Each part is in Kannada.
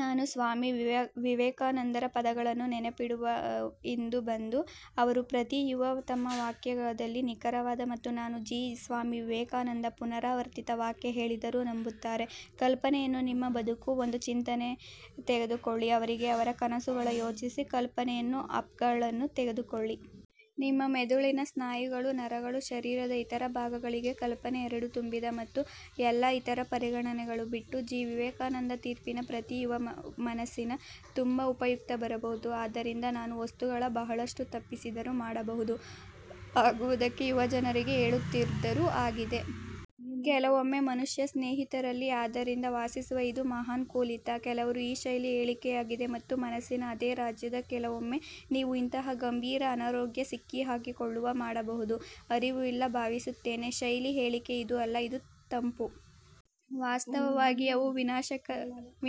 ನಾನು ಸ್ವಾಮಿ ವಿವೇಕಾನಂದರ ಪದಗಳನ್ನು ನೆನಪಿಡುವ ಇಂದು ಬಂದು. ಅವರು ಪ್ರತಿ ಯುವ ತಮ್ಮ ವಾಕ್ಯದಲ್ಲಿ ನಿಖರವಾದ ಮತ್ತು ನಾನು ಜಿ ಸ್ವಾಮಿ ವಿವೇಕಾನಂದ ಪುನರಾವರ್ತಿತ ವಾಕ್ಯ ಹೇಳಿದರು ನಂಬುತ್ತಾರೆ ಕಲ್ಪನೆಯನ್ನು ನಿಮ್ಮ ಬದುಕು, ಒಂದು ಚಿಂತನೆ ತೆಗೆದುಕೊಳ್ಳಿ. ಅವರಿಗೆ, ಅವರ ಕನಸುಗಳ ಯೋಚಿಸಿ. ಕಲ್ಪನೆಯನ್ನು ಅಪ್ಗಳನ್ನು ತೆಗೆದುಕೊಳ್ಳಿ. ನಿಮ್ಮ ಮೆದುಳಿನ, ಸ್ನಾಯುಗಳು, ನರಗಳು, ಶರೀರದ ಇತರ ಭಾಗಗಳಿಗೆ ಕಲ್ಪನೆ ಎರಡು ತುಂಬಿದ ಮತ್ತು ಎಲ್ಲಾ ಇತರ ಪರಿಗಣನೆಗಳು ಬಿಟ್ಟು. ಜಿ ವಿವೇಕಾನಂದ ತೀರ್ಪಿನ ಪ್ರತಿ ಯುವ ಮನಸ್ಸಿನ, ತುಂಬಾ ಉಪಯುಕ್ತ ಬರಬಹುದು ಆದ್ದರಿಂದ, ನಾನು ವಸ್ತುಗಳ ಬಹಳಷ್ಟು ತಪ್ಪಿಸಿದರು ಮಾಡಬಹುದು ಆಗುವುದಕ್ಕೆ ಯುವ ಜನರಿಗೆ ಹೇಳುತ್ತಿದ್ದರು ಆಗಿದೆ. ಕೆಲವೊಮ್ಮೆ ಮನುಷ್ಯ ಸ್ನೇಹಿತರಲ್ಲಿ ಆದ್ದರಿಂದ ವಾಸಿಸುವ ಇದು ಮಹಾನ್ ಕೂಲ್ ಹಿತ. ಕೆಲವರು ಈ ಶೈಲಿ ಹೇಳಿಕೆಯಾಗಿದೆ ಮತ್ತು ಮನಸ್ಸಿನ ಅದೇ ರಾಜ್ಯದ, ಕೆಲವೊಮ್ಮೆ ನೀವು ಇಂತಹ ಗಂಭೀರ ಅನಾರೋಗ್ಯ ಸಿಕ್ಕಿಹಾಕಿಕೊಳ್ಳುವ ಮಾಡಬಹುದು, ಅರಿವು ಇಲ್ಲ ಭಾವಿಸುತ್ತೇನೆ. ಶೈಲಿ ಹೇಳಿಕೆ ಇದು ಅಲ್ಲ ಇದು ತಂಪು. ವಾಸ್ತವವಾಗಿ, ಅವು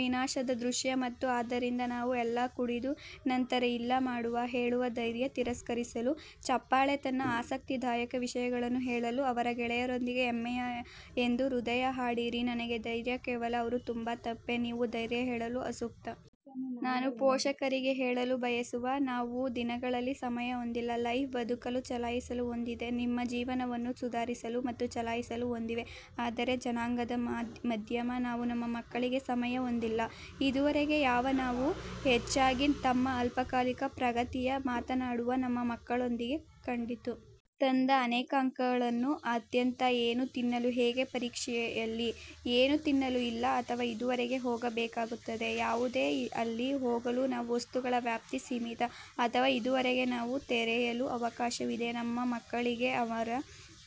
ವಿನಾಶದ ದೃಶ್ಯ ಮತ್ತು ಆದ್ದರಿಂದ ನಾವು ಎಲ್ಲಾ ಕುಡಿದು, ನಂತರ 'ಇಲ್ಲ', ಮಾಡುವ, ಹೇಳುವ ಧೈರ್ಯ ತಿರಸ್ಕರಿಸಲು, ಚಪ್ಪಾಳೆ ತನ್ನ ಆಸಕ್ತಿದಾಯಕ ವಿಷಯಗಳನ್ನು ಹೇಳಲು ಅವರ ಗೆಳೆಯರೊಂದಿಗೆ ಹೆಮ್ಮೆಯ ಎಂದು ಹೃದಯ ಹಾಡಿರಿ ನನಗೆ ಧೈರ್ಯ ಕೇವಲ ಅವರು ತುಂಬಾ ತಪ್ಪೇ, ನೀವು ಧೈರ್ಯ ಹೇಳಲು ಅಸೂಕ್ತ. ನಾನು ಪೋಷಕರಿಗೆ ಹೇಳಲು ಬಯಸುವ. ನಾವು ದಿನಗಳಲ್ಲಿ ಸಮಯ ಹೊಂದಿಲ್ಲ. ಲೈಫ್ ಬದುಕಲು ಚಲಾಯಿಸಲು ಹೊಂದಿದೆ. ನಿಮ್ಮ ಜೀವನವನ್ನು ಸುಧಾರಿಸಲು ಮತ್ತು ಚಲಾಯಿಸಲು ಹೊಂದಿವೆ. ಆದರೆ ಜನಾಂಗದ ಮಧ್ಯಮ, ನಾವು ನಮ್ಮ ಮಕ್ಕಳಿಗೆ ಸಮಯ ಹೊಂದಿಲ್ಲ? ಇದುವರೆಗೆ ಯಾವ ನಾವು ಹೆಚ್ಚಾಗಿ ತಮ್ಮ ಅಲ್ಪಕಾಲಿಕ ಪ್ರಗತಿಯ ಮಾತನಾಡುವ ನಮ್ಮ ಮಕ್ಕಳೊಂದಿಗೆ ಕಂಡಿತು. ತಂದ ಅನೇಕ ಅಂಕಗಳನ್ನು ಅತ್ಯಂತ ಏನು ತಿನ್ನಲು ಹೇಗೆ ಪರೀಕ್ಷೆಯಲ್ಲಿ? ಏನು ತಿನ್ನಲು ಇಲ್ಲ ಅಥವಾ ಇದುವರೆಗೆ ಹೋಗಬೇಕಾಗುತ್ತದೆ? ಯಾವುದೇ ಅಲ್ಲಿ ಹೋಗಲು ನಾವು ವಸ್ತುಗಳ ವ್ಯಾಪ್ತಿ ಸೀಮಿತ. ಅಥವಾ ಇದುವರೆಗೆ ನಾವು ತೆರೆಯಲು ಅವಕಾಶವಿದೆ ತಮ್ಮ ಮಕ್ಕಳಿಗೆ ಅವನ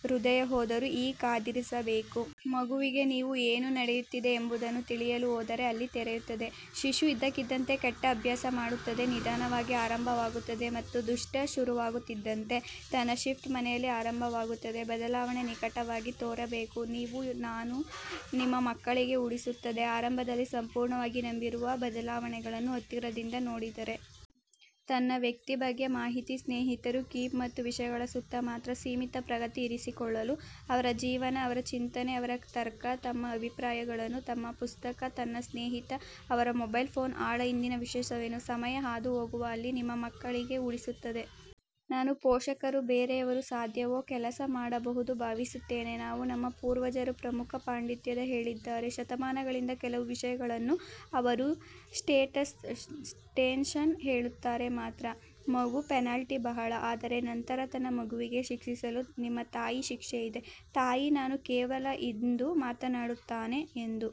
ಹೃದಯ ಹೋದರು? ಈ ಕಾದಿರಿಸಬೇಕು. ಮಗುವಿಗೆ ನೀವು ಏನು ನಡೆಯುತ್ತಿದೆ ಎಂಬುದನ್ನು ತಿಳಿಯಲು ಹೋದರೆ ಅಲ್ಲಿ ತೆರೆಯುತ್ತದೆ. ಶಿಶು ಇದ್ದಕ್ಕಿದ್ದಂತೆ ಕೆಟ್ಟ ಅಭ್ಯಾಸ ಮಾಡುತ್ತದೆ ನಿಧಾನವಾಗಿ ಆರಂಭವಾಗುತ್ತದೆ ಮತ್ತು ದುಷ್ಟ ಶುರುವಾಗುತ್ತಿದ್ದಂತೆ ತನ್ನ ಶಿಫ್ಟ್ ಮನೆಯಲ್ಲಿ ಆರಂಭವಾಗುತ್ತದೆ. ಬದಲಾವಣೆ ನಿಕಟವಾಗಿ ತೋರಬೇಕು. ನೀವು ನಾನು ನಿಮ್ಮ ಮಕ್ಕಳಿಗೆ ಉಳಿಸುತ್ತದೆ ಆರಂಭದಲ್ಲಿ ಸಂಪೂರ್ಣವಾಗಿ ನಂಬಿರುವ ಬದಲಾವಣೆಗಳನ್ನು ಹತ್ತಿರದಿಂದ ನೋಡಿದರೆ. ತನ್ನ ವ್ಯಕ್ತಿ ಬಗ್ಗೆ ಮಾಹಿತಿ ಸ್ನೇಹಿತರು ಕೀಪ್ ಮತ್ತು ವಿಷಯಗಳ ಸುತ್ತ ಮಾತ್ರ ಸೀಮಿತ ಪ್ರಗತಿ ಇರಿಸಿಕೊಳ್ಳಲು. ಅವರ ಜೀವನ, ಅವರ ಚಿಂತನೆ, ಅವರ ತರ್ಕ, ತಮ್ಮ ಅಭಿಪ್ರಾಯಗಳನ್ನು ತಮ್ಮ ಪುಸ್ತಕ, ತನ್ನ ಸ್ನೇಹಿತ, ಅವರ ಮೊಬೈಲ್ ಫೋನ್ ಆಳ ಇಂದಿನ ವಿಶೇಷವೇನು? ಸಮಯ ಹಾದುಹೋಗುವ ಅಲ್ಲಿ, ನಿಮ್ಮ ಮಕ್ಕಳಿಗೆ ಉಳಿಸುತ್ತದೆ. ನಾನು ಪೋಷಕರು ಬೇರೆಯವರು ಸಾಧ್ಯವೋ ಕೆಲಸ ಮಾಡಬಹುದು ಭಾವಿಸುತ್ತೇನೆ. ನಾವು ನಮ್ಮ ಪೂರ್ವಜರು ಪ್ರಮುಖ ಪಾಂಡಿತ್ಯದ ಹೇಳಿದ್ದಾರೆ ಶತಮಾನಗಳಿಂದ ಕೆಲವು ವಿಷಯಗಳನ್ನು. ಅವರು ಸ್ಟೇಟ್ಸ್ಮನ್ ಹೇಳುತ್ತಾರೆ ಮಾತ್ರ. ಮಗು ಪೆನಾಲ್ಟಿ ಬಹಳ. ಆದರೆ ನಂತರ ತನ್ನ ಮಗುವಿಗೆ ಶಿಕ್ಷಿಸಲು ನಿಮ್ಮ ತಾಯಿ ಶಿಕ್ಷೆ ಇದೆ. ತಾಯಿ ನಾನು ಕೇವಲ ಇಂದು ಮಾತನಾಡುತ್ತಾನೆ ಎಂದು